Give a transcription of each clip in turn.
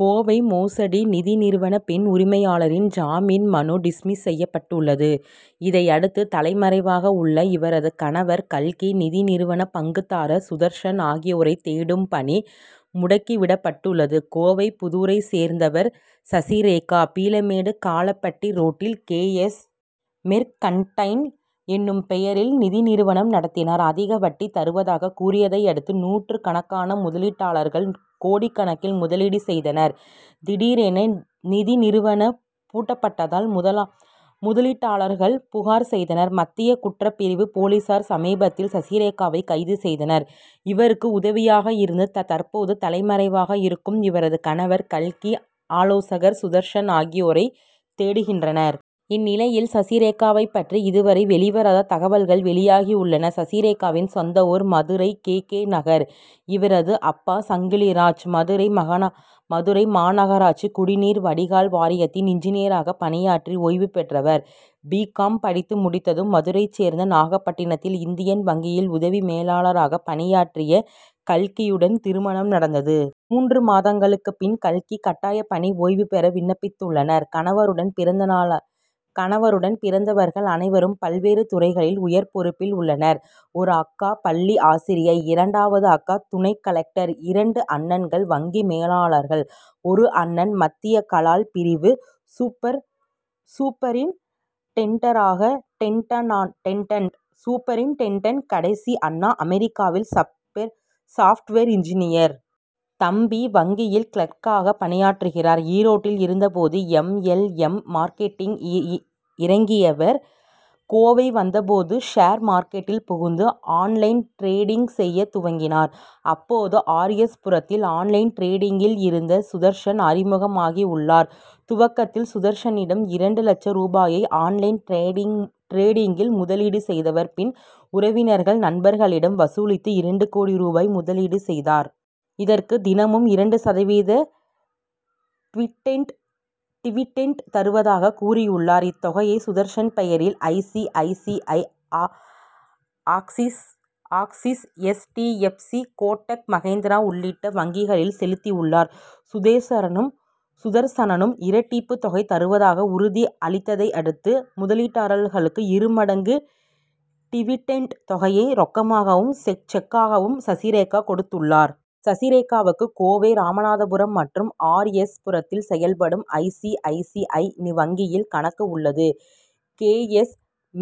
கோவை மோசடி நிதி நிறுவன பெண் உரிமையாளரின் ஜாமீன் மனு டிஸ்மிஸ் செய்யப்பட்டுள்ளது. இதையடுத்து தலைமறைவாக உள்ள இவரது கணவர் கல்கி நிதி நிறுவன பங்குதாரர் சுதர்சன் ஆகியோரை தேடும் பணி முடுக்கி விடப்பட்டுள்ளது. கோவைப்புதூரைச் சேர்ந்தவர் சசிரேகா. பீளமேடு காளப்பட்டி ரோட்டில் கே. எஸ். மெர்கன்டைல் எனும் பெயரில் நிதி நிறுவனம் நடத்தினார். அதிக வட்டி தருவதாகக் கூறியதையடுத்து நூற்றுக்கணக்கான முதலீட்டாளர்கள் கோடிக்கணக்கில் முதலீடு செய்தனர். திடீரென நிதி நிறுவனம் பூட்டப்பட்டதால் முதலீட்டாளர்கள் புகார் செய்தனர். மத்திய குற்றப் பிரிவு போலீசார் சமீபத்தில் சசிரேகாவை கைது செய்தனர். இவருக்கு உதவியாக இருந்து தற்போது தலைமறைவாக இருக்கும் இவரது கணவர் கல்கி ஆலோசகர் சுதர்சன் ஆகியோரை தேடுகின்றனர். இந்நிலையில் சசிரேகாவைப் பற்றி இதுவரை வெளிவராத தகவல்கள் வெளியாகியுள்ளன. சசிரேகாவின் சொந்த ஊர் மதுரை கே. கே. நகர். இவரது அப்பா சங்கிலிராஜ். மதுரை மாநகராட்சி குடிநீர் வடிகால் வாரியத்தில் இன்ஜினியராக பணியாற்றி ஓய்வு பெற்றவர். பி. காம். படித்து முடித்ததும் மதுரையைச் சேர்ந்த நாகப்பட்டினத்தில் இந்தியன் வங்கியில் உதவி மேலாளராக பணியாற்றிய கல்கியுடன் திருமணம் நடந்தது. மூன்று மாதத்துக்கு முன் கல்கி கட்டாய பணி ஓய்வு பெற விண்ணப்பித்துள்ளார். கணவருடன் பிறந்தவர்கள் அனைவரும் பல்வேறு துறைகளில் உயர் பொறுப்பில் உள்ளனர். ஒரு அக்கா பள்ளி ஆசிரியை இரண்டாவது அக்கா துணை கலெக்டர் இரண்டு அண்ணன்கள் வங்கி மேலாளர்கள் ஒரு அண்ணன் மத்திய கலால் பிரிவு சூப்பரின்டெண்டன்ட் கடைசி அண்ணன் அமெரிக்காவில் சாப்ட்வேர் இன்ஜினியர். தம்பி வங்கியில் கிளார்க்காக பணியாற்றுகிறார். ஈரோட்டில் இருந்தபோது எம். எல். எம். மார்க்கெட்டிங்கில் இறங்கியவர் கோவை வந்தபோது ஷேர் மார்க்கெட்டில் புகுந்து ஆன் லைன் டிரேடிங் செய்ய துவங்கினார். அப்போது ஆர். எஸ். புரத்தில் ஆன் லைன் டிரேடிங்கில் இருந்த சுதர்சன் அறிமுகமாகியுள்ளார். துவக்கத்தில் சுதர்சனிடம் இரண்டு லட்சம் ரூபாயை ஆன் லைன் டிரேடிங்கில் முதலீடு செய்தவர் பின் உறவினர்கள் நண்பர்களிடம் வசூலித்து இரண்டு கோடி ரூபாய் முதலீடு செய்தார். இதற்கு தினமும் இரண்டு சதவீத டிவிடெண்ட் தருவதாகக் கூறியுள்ளார். இத்தொகையை சுதர்சன் பெயரில் I. C. I. C. I. Axis H. D. F. C. Kotak Mahindra உள்ளிட்ட வங்கிகளில் செலுத்தியுள்ளார். சுதர்சனும் இரட்டிப்பு தொகை தருவதாக உறுதி அளித்ததையடுத்து முதலீட்டாளர்களுக்கு இரு மடங்கு டிவிடெண்ட் தொகையை ரொக்கமாகவும் செக்காகவும் சசிரேகா கொடுத்துள்ளார். சசிரேகாவுக்கு கோவை ராமநாதபுரம் மற்றும் ஆர். எஸ். புரத்தில் செயல்படும் I. C. I. C. I. வங்கியில் கணக்கு உள்ளது. கே. எஸ்.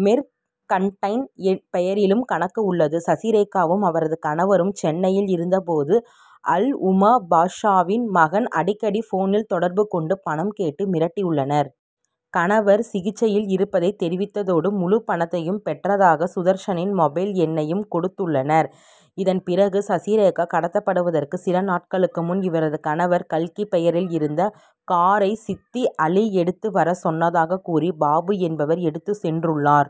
மெர்கன்டைல் பெயரிலும் கணக்கு உள்ளது. சசிரேகாவும் அவரது கணவரும் சென்னையில் இருந்தபோது அல் உம்மா பாஷாவின் மகன் அடிக்கடி போனில் தொடர்பு கொண்டு பணம் கேட்டு மிரட்டியுள்ளார். கணவர் சிகிச்சையில் இருப்பதை தெரிவித்ததோடு முழுப்பணத்தையும் பெற்றதாக சுதர்சனின் மொபைல் எண்ணையும் கொடுத்துள்ளார். இதன் பிறகும் சசிரேகா கடத்தப்படுவதற்கு சில நாட்களுக்கு முன் இவரது கணவர் கல்கி பெயரில் இருந்த காரை சித்திக் அலி எடுத்து வரச் சொன்னதாகக் கூறி பாபு என்பவர் எடுத்துச் சென்றுள்ளார்.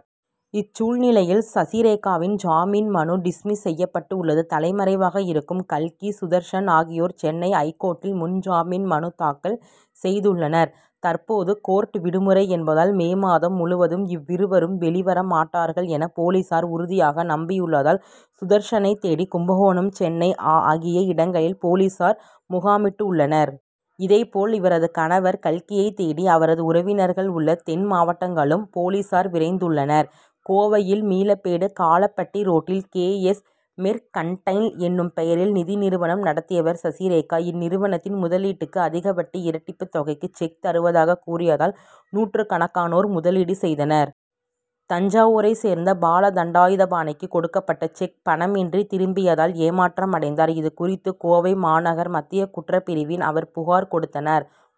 இச்சூழலில் சசிரேகாவின் ஜாமீன் மனு டிஸ்மிஸ் செய்யப்பட்டுள்ளது. தலைமறைவாக இருக்கும் கல்கி சுதர்சன் ஆகியோர் சென்னை ஐகோர்ட்டில் முன்ஜாமீன் மனு தாக்கல் செய்துள்ளனர். தற்போது கோர்ட் விடுமுறை என்பதால் மே மாதம் முழுவதும் இருவரும் வெளி வர மாட்டார்கள் என போலீசார் உறுதியாக நம்பியுள்ளதால் சுதர்சனை தேடி கும்பகோணம் சென்னை ஆகிய இடங்களில் போலீசார் முகாமிட்டுள்ளனர். இதேபோல் இவரது கணவர் கல்கியை தேடி அவரது உறவினர்கள் உள்ள தென் மாவட்டங்களுக்கும் போலீசார் விரைந்துள்ளனர். கோவையில் பீளமேடு காளப்பட்டி ரோட்டில் கே. எஸ். மெர்கன்டைல் எனும் பெயரில் நிதி நிறுவனம் நடத்தியவர் சசிரேகா. இந்நிறுவனத்தில் முதலீடுக்கு அதிக வட்டி இரட்டிப்பு தொகைக்கு செக் தருவதாக கூறியதால் நூற்றுக்கணக்கானோர் முதலீடு செய்தனர். தஞ்சாவூரைச் சேர்ந்த பாலதண்டாயுதபாணிக்கு கொடுக்கப்பட்ட செக் பணமின்றி திரும்பியதால் ஏமாற்றமடைந்தார். இது குறித்து கோவை மாநகர் மத்திய குற்றப்பிரிவில் அவர் புகார்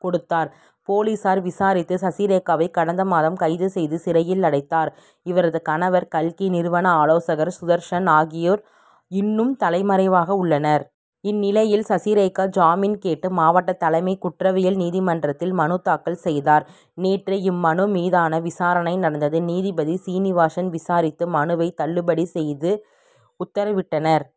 கொடுத்தார். போலீசார் விசாரித்து சசிரேகாவை கடந்த மாதம் கைது செய்து சிறையில் அடைத்தனர். இவரது கணவர் கல்கி நிறுவன ஆலோசகர் சுதர்சன் ஆகியோர் இன்னும் தலைமறைவாக உள்ளனர். இந்நிலையில் சசிரேகா ஜாமீன் கேட்டு மாவட்ட தலைமை குற்றவியல் நீதிமன்றத்தில் மனு தாக்கல் செய்தார். நேற்று இம்மனு மீதான விசாரணை நடந்தது. நீதிபதி சீனிவாசன் விசாரித்து மனுவை தள்ளுபடி செய்து உத்தரவிட்டார்.